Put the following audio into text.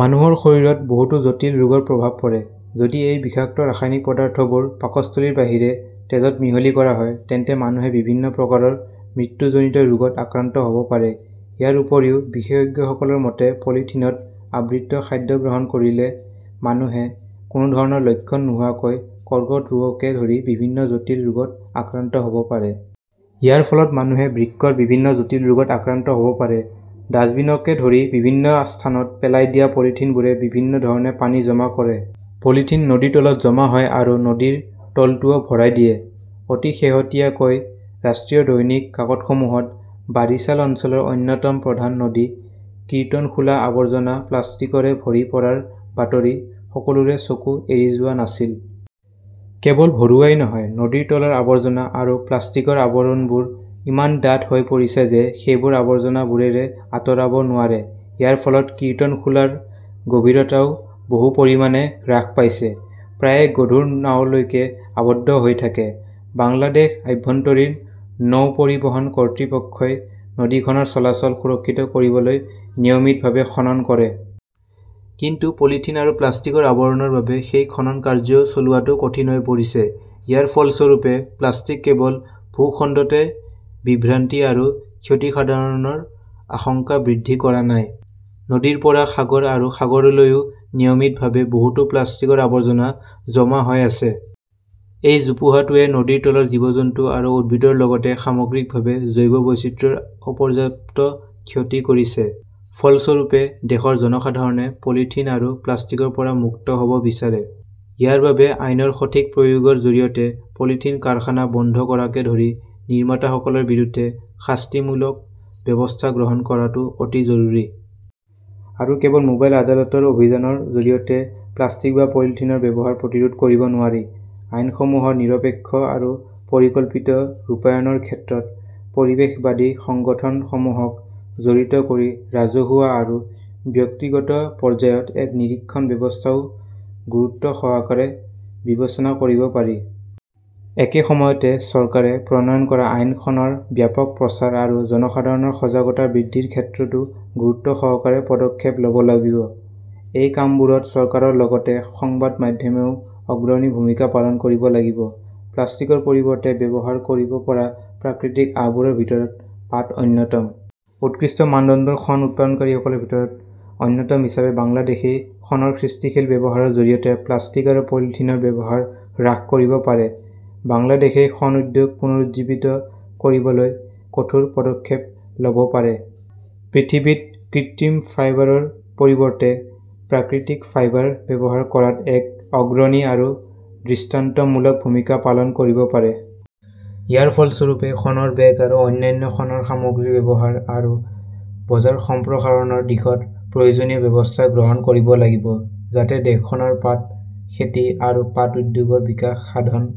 মানুহৰ শৰীৰত বহুতো জটিল ৰোগৰ প্ৰভাৱ পৰে। যদি এই বিষাক্ত ৰাসায়নিক পদাৰ্থবোৰ পাকস্থলীৰ বাহিৰে তেজত মিহলি কৰা হয়, তেন্তে মানুহে বিভিন্ন প্ৰকাৰৰ মৃত্যুজনিত ৰোগত আক্ৰান্ত হ 'ব পাৰে। ইয়াৰ উপৰিও বিশেষজ্ঞসকলৰ মতে, পলিথিনত আবৃত খাদ্য গ্ৰহণ কৰিলে মানুহে কোনো ধৰণৰ লক্ষণ নোহোৱাকৈ কৰ্কট ৰোগকে ধৰি বিভিন্ন জটিল ৰোগত আক্ৰান্ত হ’ব পাৰে। ইয়াৰ ফলত মানুহে বৃক্কৰ বিভিন্ন জটিল ৰোগত আক্ৰান্ত হ’ব পাৰে। ডাস্টবিনকে ধৰি বিভিন্ন স্থানত পেলাই দিয়া পলিথিনবোৰে বিভিন্ন ধৰণে পানী জমা কৰে। পলিথিন নদীৰ তলত জমা হয় আৰু নদীৰ তলটোও ভৰাই দিয়ে। অতি শেহতীয়াকৈ ৰাষ্ট্ৰীয় দৈনিক কাকতসমূহত বাৰিছাল অঞ্চলৰ অন্যতম প্ৰধান নদী কিৰ্তনখোলা আৱৰ্জনা-প্লাষ্টিকৰে ভৰি পৰাৰ বাতৰি সকলোৰে চকু এৰি যোৱা নাছিল। কেৱল ভৰোৱাই নহয়, নদীৰ তলৰ আৱৰ্জনা আৰু প্লাষ্টিকৰ আৱৰণবোৰ ইমান ডাঠ হৈ পৰিছে যে সেইবোৰ আৱৰ্জনাবোৰেৰে আঁতৰাব নোৱাৰে। ইয়াৰ ফলত কীৰ্তনখোলাৰ গভীৰতাও বহু পৰিমাণে হ্ৰাস পাইছে। প্ৰায়ে গধুৰ নাওলৈকে আবদ্ধ হৈ থাকে। বাংলাদেশ আভ্যন্তৰীণ নৌ পৰিবহণ কৰ্তৃপক্ষই নদীখনৰ চলাচল সুৰক্ষিত কৰিবলৈ নিয়মিতভাৱে খনন কৰে। কিন্তু পলিথিন আৰু প্লাষ্টিকৰ আৱৰণৰ বাবে সেই খনন কাৰ্য্যও চলোৱাটো কঠিন হৈ পৰিছে। ইয়াৰ ফলস্বৰূপে প্লাষ্টিক কেৱল ভূখণ্ডতে বিভ্ৰান্তি আৰু ক্ষতিসাধনৰ আশংকা বৃদ্ধি কৰা নাই। নদীৰ পৰা সাগৰ আৰু সাগৰলৈও নিয়মিতভাৱে বহুতো প্লাষ্টিকৰ আৱৰ্জনা জমা হৈ আছে। এই জোপোহাটোৱে নদীৰ তলৰ জীৱ-জন্তু আৰু উদ্ভিদৰ লগতে সামগ্ৰিকভাৱে জৈৱ বৈচিত্ৰ্যৰ অপৰ্যাপ্ত ক্ষতি কৰিছে। ফলস্বৰূপে, দেশৰ জনসাধাৰণে পলিথিন আৰু প্লাষ্টিকৰ পৰা মুক্ত হ’ব বিচাৰে। ইয়াৰ বাবে আইনৰ সঠিক প্ৰয়োগৰ জৰিয়তে পলিথিন কাৰখানা বন্ধ কৰাকে ধৰি নিৰ্মাতাসকলৰ বিৰুদ্ধে শাস্তিমূলক ব্যৱস্থা গ্ৰহণ কৰাটো অতি জৰুৰী। আৰু কেৱল মোবাইল আদালতৰ অভিযানৰ জৰিয়তে প্লাষ্টিক বা পলিথিনৰ ব্যৱহাৰ প্ৰতিৰোধ কৰিব নোৱাৰি। আইনসমূহৰ নিৰপেক্ষ আৰু পৰিকল্পিত ৰূপায়ণৰ ক্ষেত্ৰত পৰিৱেশবাদী সংগঠনসমূহক জড়িত কৰি ৰাজহুৱা আৰু ব্যক্তিগত পৰ্যায়ত এক নিৰীক্ষণ ব্যৱস্থাও গুৰুত্বসহকাৰে বিবেচনা কৰিব পাৰি। একে সময়তে, চৰকাৰে প্ৰণয়ন কৰা আইনখনৰ ব্যাপক প্ৰচাৰ আৰু জনসাধাৰণৰ সজাগতা বৃদ্ধিৰ ক্ষেত্ৰতো গুৰুত্বসহকাৰে পদক্ষেপ ল’ব লাগিব। এই কামবোৰত চৰকাৰৰ লগতে সংবাদ মাধ্যমেও অগ্ৰণী ভূমিকা পালন কৰিব লাগিব। প্লাষ্টিকৰ পৰিৱৰ্তে ব্যৱহাৰ কৰিব পৰা প্ৰাকৃতিক আঁহবোৰৰ ভিতৰত পাট অন্যতম। উৎকৃষ্ট মানদণ্ডৰ শণ উৎপাদনকাৰীসকলৰ ভিতৰত অন্যতম হিচাপে বাংলাদেশই শণৰ সৃষ্টিশীল ব্যৱহাৰৰ জৰিয়তে প্লাষ্টিক আৰু পলিথিনৰ ব্যৱহাৰ হ্ৰাস কৰিব পাৰে। বাংলাদেশই শণ উদ্যোগ পুনৰুজ্জীৱিত কৰিবলৈ কঠোৰ পদক্ষেপ ল’ব পাৰে। পৃথিৱীত কৃত্ৰিম ফাইবাৰৰ পৰিৱৰ্তে প্ৰাকৃতিক ফাইবাৰ ব্যৱহাৰ কৰাত এক অগ্ৰণী আৰু দৃষ্টান্তমূলক ভূমিকা পালন কৰিব পাৰে। ইয়াৰ ফলস্বৰূপে, শণৰ বেগ আৰু অন্যান্য শণৰ সামগ্ৰীৰ ব্যৱহাৰ আৰু বজাৰ সম্প্ৰসাৰণৰ দিশত প্ৰয়োজনীয় ব্যৱস্থা গ্ৰহণ কৰিব লাগিব। যাতে দেশখনৰ পাট খেতি আৰু পাট উদ্যোগৰ বিকাশ সাধন